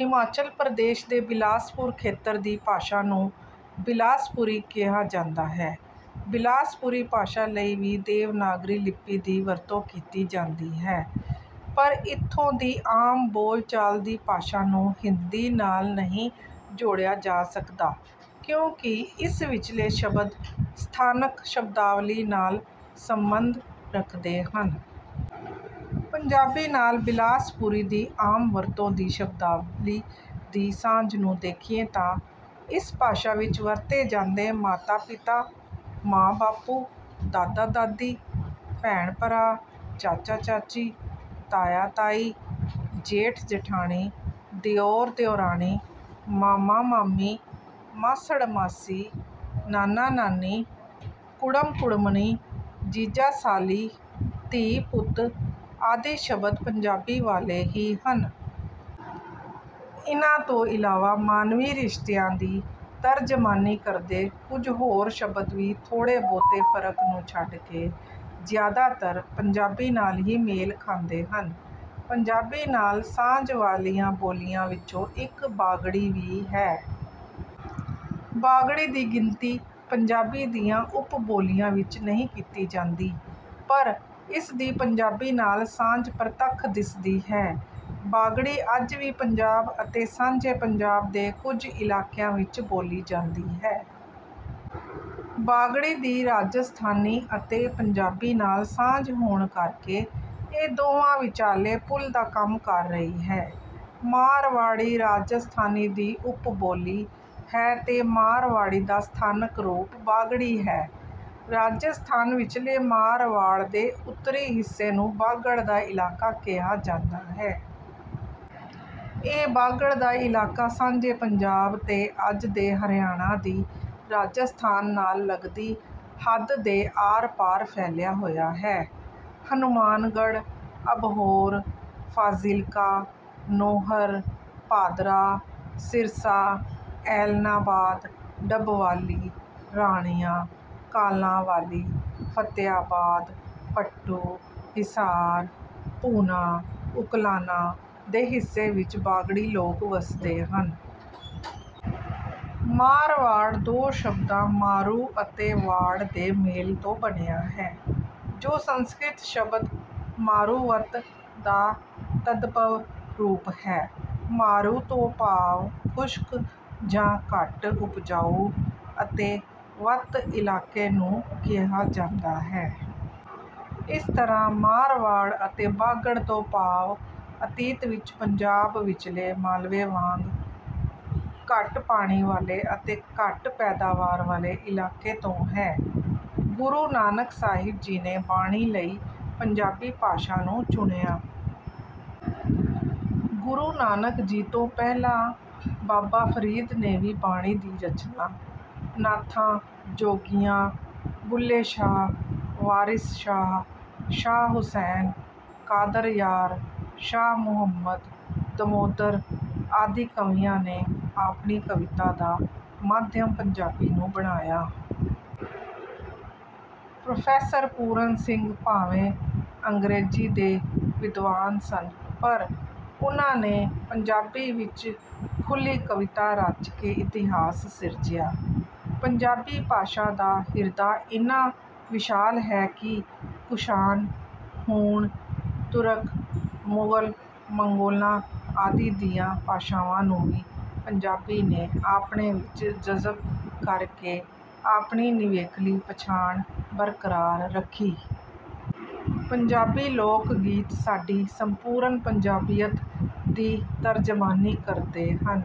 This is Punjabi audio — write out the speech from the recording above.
ਹਿਮਾਚਲ ਪ੍ਰਦੇਸ਼ ਦੇ ਬਿਲਾਸਪੁਰ ਖੇਤਰ ਦੀ ਭਾਸ਼ਾ ਨੂੰ ਬਿਲਾਸਪੁਰੀ ਕਿਹਾ ਜਾਂਦਾ ਹੈ। ਬਿਲਾਸਪੁਰੀ ਭਾਸ਼ਾ ਲਈ ਵੀ ਦੇਵਨਾਗਰੀ ਲਿਪੀ ਦੀ ਵਰਤੋਂ ਕੀਤੀ ਜਾਂਦੀ ਹੈ ਪਰ ਇੱਥੋਂ ਦੀ ਆਮ ਬੋਲਚਾਲ ਦੀ ਭਾਸ਼ਾ ਨੂੰ ਹਿੰਦੀ ਨਾਲ਼ ਨਹੀਂ ਜੋੜਿਆ ਜਾ ਸਕਦਾ ਕਿਉਂਕਿ ਇਸ ਵਿਚਲੇ ਸ਼ਬਦ ਸਥਾਨਕ ਸ਼ਬਦਾਵਲੀ ਨਾਲ਼ ਸੰਬੰਧ ਰੱਖਦੇ ਹਨ। ਪੰਜਾਬੀ ਨਾਲ਼ ਬਿਲਾਸਪੁਰੀ ਦੀ ਆਮ ਵਰਤੋਂ ਦੀ ਸ਼ਬਦਾਵਲੀ ਦੀ ਸਾਂਝ ਨੂੰ ਦੇਖੀਏ ਤਾਂ ਇਸ ਭਾਸ਼ਾ ਵਿੱਚ ਵਰਤੇ ਜਾਂਦੇ ਮਾਤਾ-ਪਿਤਾ, ਮਾਂ-ਬਾਪੂ, ਦਾਦਾ-ਦਾਦੀ, ਭੈਣ-ਭਰਾ, ਚਾਚਾ-ਚਾਚੀ, ਤਾਇਆ-ਤਾਈ, ਜੇਠ-ਜੇਠਾਣੀ, ਦਿਓਰ-ਦਿਓਰਾਣੀ, ਮਾਮਾ-ਮਾਮੀ, ਮਾਸੜ-ਮਾਸੀ, ਨਾਨਾ -ਨਾਨੀ, ਕੁੜਮ-ਕੁੜਮਣੀ, ਜੀਜਾ-ਸਾਲੀ, ਧੀ-ਪੁੱਤ ਆਦਿ ਸ਼ਬਦ ਪੰਜਾਬੀ ਵਾਲ਼ੇ ਹੀ ਹਨ। ਇਨ੍ਹਾਂ ਤੋਂ ਇਲਾਵਾ ਮਾਨਵੀ ਰਿਸ਼ਤਿਆਂ ਦੀ ਤਰਜਮਾਨੀ ਕਰਦੇ ਕੁਝ ਹੋਰ ਸ਼ਬਦ ਵੀ ਥੋੜ੍ਹੇ-ਬਹੁਤੇ ਫ਼ਰਕ ਨੂੰ ਛੱਡ ਕੇ ਜ਼ਿਆਦਾਤਰ ਪੰਜਾਬੀ ਨਾਲ਼ ਹੀ ਮੇਲ ਖਾਂਦੇ ਹਨ। ਪੰਜਾਬੀ ਨਾਲ਼ ਸਾਂਝ ਵਾਲ਼ੀਆਂ ਬੋਲੀਆਂ ਵਿੱਚੋਂ ਇੱਕ 'ਬਾਗੜੀ' ਵੀ ਹੈ। ਬਾਗੜੀ ਦੀ ਗਿਣਤੀ ਪੰਜਾਬੀ ਦੀਆਂ ਉੱਪ-ਬੋਲੀਆਂ ਵਿੱਚ ਨਹੀਂ ਕੀਤੀ ਜਾਂਦੀ ਪਰ ਇਸ ਦੀ ਪੰਜਾਬੀ ਨਾਲ਼ ਸਾਂਝ ਪ੍ਰਤੱਖ ਦਿਸਦੀ ਹੈ। ਬਾਗੜੀ ਅੱਜ ਵੀ ਪੰਜਾਬ ਅਤੇ ਸਾਂਝੇ ਪੰਜਾਬ ਦੇ ਕੁਝ ਇਲਾਕਿਆਂ ਵਿੱਚ ਬੋਲੀ ਜਾਂਦੀ ਹੈ। ਬਾਗੜੀ ਦੀ ਰਾਜਸਥਾਨੀ ਅਤੇ ਪੰਜਾਬੀ ਨਾਲ਼ ਸਾਂਝ ਹੋਣ ਕਰਕੇ ਇਹ ਦੋਵਾਂ ਵਿਚਾਲੇ ਪੁਲ਼ ਦਾ ਕੰਮ ਕਰ ਰਹੀ ਹੈ। ਮਾਰਵਾੜੀ, ਰਾਜਸਥਾਨੀ ਦੀ ਉੱਪ-ਬੋਲੀ ਹੈ ਤੇ ਮਾਰਵਾੜੀ ਦਾ ਸਥਾਨਕ ਰੂਪ ਬਾਗੜੀ ਹੈ। ਰਾਜਸਥਾਨ ਵਿਚਲੇ ਮਾਰਵਾੜ ਦੇ ਉੱਤਰੀ ਹਿੱਸੇ ਨੂੰ ਬਾਗੜ ਦਾ ਇਲਾਕਾ ਕਿਹਾ ਜਾਂਦਾ ਹੈ। ਇਹ ਬਾਗੜ ਦਾ ਇਲਾਕਾ ਸਾਂਝੇ ਪੰਜਾਬ ਤੇ ਅੱਜ ਦੇ ਹਰਿਆਣਾ ਦੀ ਰਾਜਸਥਾਨ ਨਾਲ਼ ਲੱਗਦੀ ਹੱਦ ਦੇ ਆਰ-ਪਾਰ ਫੈਲਿਆ ਹੋਇਆ ਹੈ। ਹਨੂਮਾਨਗੜ੍ਹ, ਅਬਹੋਰ, ਫ਼ਾਜ਼ਿਲਕਾ, ਨੌਹਰ, ਭਾਦਰਾ, ਸਿਰਸਾ, ਐਲਨਾਬਾਦ, ਡੱਬਵਾਲੀ, ਰਾਣੀਆਂ, ਕਾਲਾਂਵਾਲੀ, ਫ਼ਤਿਆਬਾਦ, ਭੱਟੂ, ਹਿਸਾਰ, ਭੂਨਾ, ਉਕਲਾਨਾ ਦੇ ਹਿੱਸੇ ਵਿੱਚ ਬਾਗੜੀ ਲੋਕ ਵਸਦੇ ਹਨ। 'ਮਾਰਵਾੜ' ਦੋ ਸ਼ਬਦਾਂ ਮਾਰੂ ਅਤੇ ਵਾੜ ਦੇ ਮੇਲ ਤੋਂ ਬਣਿਆ ਹੈ ਜੋ ਸੰਸਕ੍ਰਿਤ ਸ਼ਬਦ 'ਮਾਰੂਵਤ' ਦਾ ਤਦਭਵ ਰੂਪ ਹੈ। 'ਮਾਰੂ' ਤੋਂ ਭਾਵ ਖੁਸ਼ਕ ਜਾਂ ਘੱਟ ਉਪਜਾਊ ਅਤੇ 'ਵਤ' ਇਲਾਕੇ ਨੂੰ ਕਿਹਾ ਜਾਂਦਾ ਹੈ। ਇਸ ਤਰ੍ਹਾਂ ਮਾਰਵਾੜ ਅਤੇ ਬਾਗੜ ਤੋਂ ਭਾਵ ਅਤੀਤ ਵਿੱਚ ਪੰਜਾਬ ਵਿਚਲੇ ਮਾਲਵੇ ਵਾਂਗ ਘੱਟ ਪਾਣੀ ਵਾਲ਼ੇ ਅਤੇ ਘੱਟ ਪੈਦਾਵਾਰ ਵਾਲ਼ੇ ਇਲਾਕੇ ਤੋਂ ਹੈ। ਗੂਰੂ ਨਾਨਕ ਸਾਹਿਬ ਜੀ ਨੇ ਬਾਣੀ ਲਈ ਪੰਜਾਬੀ ਭਾਸ਼ਾ ਨੂੰ ਚੁਣਿਆ। ਗੁਰੂ ਨਾਨਕ ਜੀ ਤੋਂ ਪਹਿਲਾਂ ਬਾਬਾ ਫ਼ਰੀਦ ਨੇ ਵੀ ਬਾਣੀ ਦੀ ਰਚਨਾ, ਨਾਥਾਂ, ਜੋਗੀਆਂ, ਬੁੱਲ੍ਹੇ ਸ਼ਾਹ, ਵਾਰਿਸ ਸ਼ਾਹ, ਸ਼ਾਹ ਹੁਸੈਨ, ਕ਼ਾਦਰਯਾਰ, ਸ਼ਾਹ ਮੁਹੰਮਦ, ਦਮੋਦਰ ਆਦਿ ਕਵੀਆਂ ਨੇ ਆਪਣੀ ਕਵਿਤਾ ਦਾ ਮਾਧਿਅਮ ਪੰਜਾਬੀ ਨੂੰ ਬਣਾਇਆ। ਪ੍ਰੋ. ਪੂਰਨ ਸਿੰਘ ਭਾਵੇਂ ਅੰਗਰੇਜ਼ੀ ਦੇ ਵਿਦਵਾਨ ਸਨ ਪਰ ਉਨ੍ਹਾਂ ਨੇ ਪੰਜਾਬੀ ਵਿੱਚ ਖੁੱਲ੍ਹੀ ਕਵਿਤਾ ਰਚ ਕੇ ਇਤਿਹਾਸ ਸਿਰਜਿਆ। ਪੰਜਾਬੀ ਭਾਸ਼ਾ ਦਾ ਹਿਰਦਾ ਇੰਨਾ ਵਿਸ਼ਾਲ ਹੈ ਕਿ ਕੁਸ਼ਾਨ, ਹੂਣ, ਤੁਰਕ, ਮੁਗ਼ਲ, ਮੰਗੋਲਾਂ ਆਦਿ ਦੀਆਂ ਭਾਸ਼ਾਵਾਂ ਨੂੰ ਵੀ ਪੰਜਾਬੀ ਨੇ ਆਪਣੇ ਵਿੱਚ ਜਜ਼ਬ ਕਰ ਕੇ ਆਪਣੀ ਨਿਵੇਕਲੀ ਪਛਾਣ ਬਰਕਰਾਰ ਰੱਖੀ। ਪੰਜਾਬੀ ਲੋਕ ਗੀਤ ਸਾਡੀ ਸੰਪੂਰਨ ਪੰਜਾਬੀਅਤ ਦੀ ਤਰਜਮਾਨੀ ਕਰਦੇ ਹਨ।